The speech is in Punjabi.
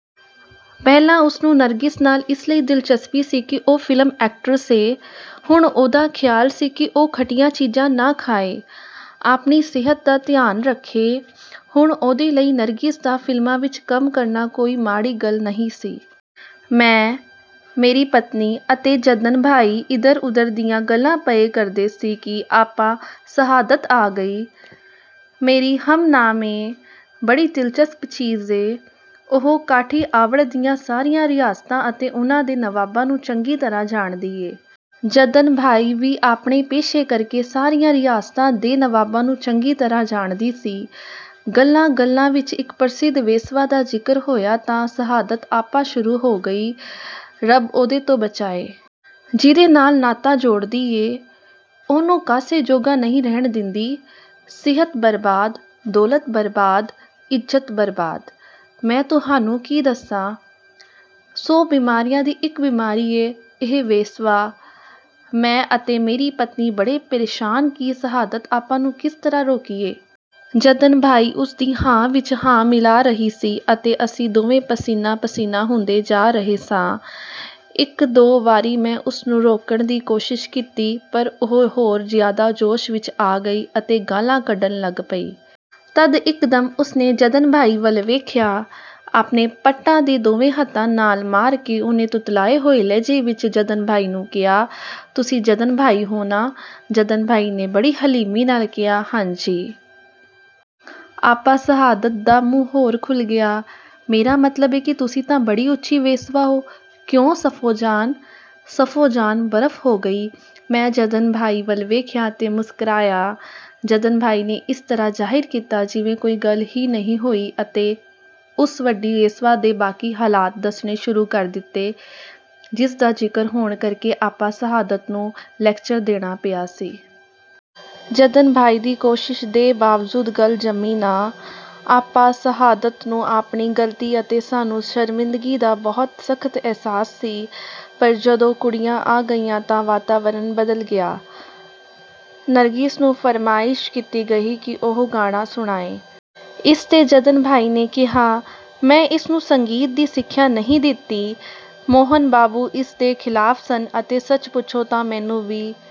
ਪਹਿਲਾਂ ਉਸ ਨੂੰ ਨਰਗਿਸ ਨਾਲ ਇਸ ਲਈ ਦਿਲਚਸਪੀ ਸੀ ਕਿ ਉਹ ਫਿਲਮ ਐਕਟਰਸ ਏ। ਹੁਣ ਉਹਦਾ ਖ਼ਿਆਲ ਸੀ ਕਿ ਉਹ ਖੱਟੀਆਂ ਚੀਜ਼ਾਂ ਨਾ ਖਾਏ। ਆਪਣੀ ਸਿਹਤ ਦਾ ਧਿਆਨ ਰੱਖੇ। ਹੁਣ ਉਹਦੇ ਲਈ ਨਰਗਿਸ ਦਾ ਫਿਲਮਾਂ ਵਿੱਚ ਕੰਮ ਕਰਨਾ ਕੋਈ ਮਾੜੀ ਗੱਲ ਨਹੀਂ ਸੀ। ਮੈਂ, ਮੇਰੀ ਪਤਨੀ ਅਤੇ ਜੱਦਨ ਬਾਈ ਇਧਰ ਉਧਰ ਦੀਆਂ ਗੱਲਾਂ ਪਏ ਕਰਦੇ ਸੀ ਕਿ ਆਪਾ ਸਆਦਤ ਆ ਗਈ। ਮੇਰੀ ਹਮ-ਨਾਮ ਏ, ਬੜੀ ਦਿਲਚਸਪ ਚੀਜ਼ ਏ। ਉਹ ਕਾਠੀਆਵਾੜ ਦੀਆਂ ਸਾਰੀਆਂ ਰਿਆਸਤਾਂ ਅਤੇ ਉਨ੍ਹਾਂ ਦੇ ਨਵਾਬਾਂ ਨੂੰ ਚੰਗੀ ਤਰ੍ਹਾਂ ਜਾਣਦੀ ਏ। ਜੱਦਨ ਬਾਈ ਵੀ ਆਪਣੇ ਪੇਸ਼ੇ ਕਰਕੇ ਸਾਰੀਆਂ ਰਿਆਸਤਾਂ ਦੇ ਨਵਾਬਾਂ ਨੂੰ ਚੰਗੀ ਤਰ੍ਹਾਂ ਜਾਣਦੀ ਸੀ। ਗੱਲਾਂ ਗੱਲਾਂ ਵਿੱਚ ਇਕ ਪ੍ਰਸਿੱਧ ਵੇਸਵਾ ਦਾ ਜ਼ਿਕਰ ਹੋਇਆ ਤਾਂ ਸਆਦਤ ਆਪਾ ਸ਼ੁਰੂ ਹੋ ਗਈ, "ਰੱਬ ਉਹਦੇ ਤੋਂ ਬਚਾਏ। ਜਿਹਦੇ ਨਾਲ ਨਾਤਾ ਜੋੜਦੀ ਏ, ਉਹਨੂੰ ਕਾਸੇ ਜੋਗਾ ਨਹੀਂ ਰਹਿਣ ਦਿੰਦੀ। ਸਿਹਤ ਬਰਬਾਦ, ਦੌਲਤ ਬਰਬਾਦ, ਇੱਜ਼ਤ ਬਰਬਾਦ। ਮੈਂ ਤੁਹਾਨੂੰ ਕੀ ਦੱਸਾਂ? ਸੌ ਬਿਮਾਰੀਆਂ ਦੀ ਇਕ ਬਿਮਾਰੀ ਏ, ਇਹ ਵੇਸਵਾ।" ਮੈਂ ਅਤੇ ਮੇਰੀ ਪਤਨੀ ਬੜੇ ਪ੍ਰੇਸ਼ਾਨ ਕਿ ਸਆਦਤ ਆਪਾ ਨੂੰ ਕਿਸ ਤਰ੍ਹਾਂ ਰੋਕੀਏ। ਜੱਦਨ ਬਾਈ ਉਸ ਦੀ ਹਾਂ ਵਿੱਚ ਹਾਂ ਮਿਲਾ ਰਹੀ ਸੀ ਅਤੇ ਅਸੀਂ ਦੋਵੇਂ ਪਸੀਨਾ ਪਸੀਨਾ ਹੁੰਦੇ ਜਾ ਰਹੇ ਸਾਂ। ਇਕ ਦੋ ਵਾਰੀ ਮੈਂ ਉਸ ਨੂੰ ਰੋਕਣ ਦੀ ਕੋਸ਼ਿਸ਼ ਕੀਤੀ, ਪਰ ਉਹ ਹੋਰ ਜ਼ਿਆਦਾ ਜੋਸ਼ ਵਿੱਚ ਆ ਗਈ ਅਤੇ ਗਾਲ੍ਹਾਂ ਕੱਢਣ ਲੱਗ ਪਈ। ਤਦ ਇਕਦਮ ਉਸ ਨੇ ਜੱਦਨ ਬਾਈ ਵੱਲ ਵੇਖਿਆ। ਆਪਣੇ ਪੱਟਾਂ ਦੇ ਦੋਵੇਂ ਹਥਾਂ ਨਾਲ ਮਾਰ ਕੇ ਉਹਨੇ ਤੁਤਲਾਏ ਹੋਏ ਲਹਿਜ਼ੇ ਵਿੱਚ ਜੱਦਨ ਬਾਈ ਨੂੰ ਕਿਹਾ, "ਤੁਸੀਂ ਜੱਦਨ ਬਾਈ ਹੋ ਨਾ?" ਜੱਦਨ ਬਾਈ ਨੇ ਬੜੀ ਹਲੀਮੀ ਨਾਲ ਕਿਹਾ, "ਹਾਂ ਜੀ।" ਆਪਾ ਸਆਦਤ ਦਾ ਮੂੰਹ ਹੋਰ ਖੁੱਲ੍ਹ ਗਿਆ, "ਮੇਰਾ ਮਤਲਬ ਏ ਕਿ ਤੁਸੀਂ ਤਾਂ ਬੜੀ ਉੱਚੀ ਵੇਸਵਾ ਹੋ। ਕਿਉਂ ਸਫ਼ੋ ਜਾਨ?" ਸਫੋ ਜਾਨ ਬਰਫ਼ ਹੋ ਗਈ। ਮੈਂ ਜੱਦਨ ਬਾਈ ਵੱਲ ਵੇਖਿਆ ਤੇ ਮੁਸਕ੍ਰਾਇਆ। ਜੱਦਨ ਬਾਈ ਨੇ ਇਸ ਤਰ੍ਹਾਂ ਜ਼ਾਹਿਰ ਕੀਤਾ ਜਿਵੇਂ ਕੋਈ ਗੱਲ ਈ ਨਹੀਂ ਹੋਈ ਅਤੇ ਉਸ ਵੱਡੀ ਵੇਸਵਾ ਦੇ ਬਾਕੀ ਹਾਲਾਤ ਦੱਸਣੇ ਸ਼ੁਰੂ ਕਰ ਦਿੱਤੇ, ਜਿਸ ਦਾ ਜ਼ਿਕਰ ਹੋਣ ਕਰਕੇ ਆਪਾ ਸਆਦਤ ਨੂੰ ਲੈਕਚਰ ਦੇਣਾ ਪਿਆ ਸੀ। ਜੱਦਨ ਬਾਈ ਦੀ ਕੋਸ਼ਿਸ਼ ਦੇ ਬਾਵਜੂਦ ਗੱਲ ਜੰਮੀ ਨਾ। ਆਪਾ ਸਆਦਤ ਨੂੰ ਆਪਣੀ ਗਲਤੀ ਅਤੇ ਸਾਨੂੰ ਸ਼ਰਮਿੰਦਗੀ ਦਾ ਬਹੁਤ ਸਖ਼ਤ ਅਹਿਸਾਸ ਸੀ, ਪਰ ਜਦੋਂ ਕੁੜੀਆਂ ਆ ਗਈਆਂ ਤਾਂ ਵਾਤਾਵਰਣ ਬਦਲ ਗਿਆ। ਨਰਗਿਸ ਨੂੰ ਫਰਮਾਇਸ਼ ਕੀਤੀ ਗਈ ਕਿ ਉਹ ਗਾਣਾ ਸੁਣਾਏ। ਇਸ ਤੇ ਜੱਦਨ ਬਾਈ ਨੇ ਕਿਹਾ, ਮੈਂ ਇਸ ਨੂੰ ਸੰਗੀਤ ਦੀ ਸਿੱਖਿਆ ਨਹੀਂ ਦਿੱਤੀ। ਮੋਹਨ ਬਾਬੂ ਇਸ ਦੇ ਖਿਲਾਫ ਸਨ ਅਤੇ ਸੱਚ ਪੁੱਛੋ ਤਾਂ ਮੈਨੂੰ ਵੀ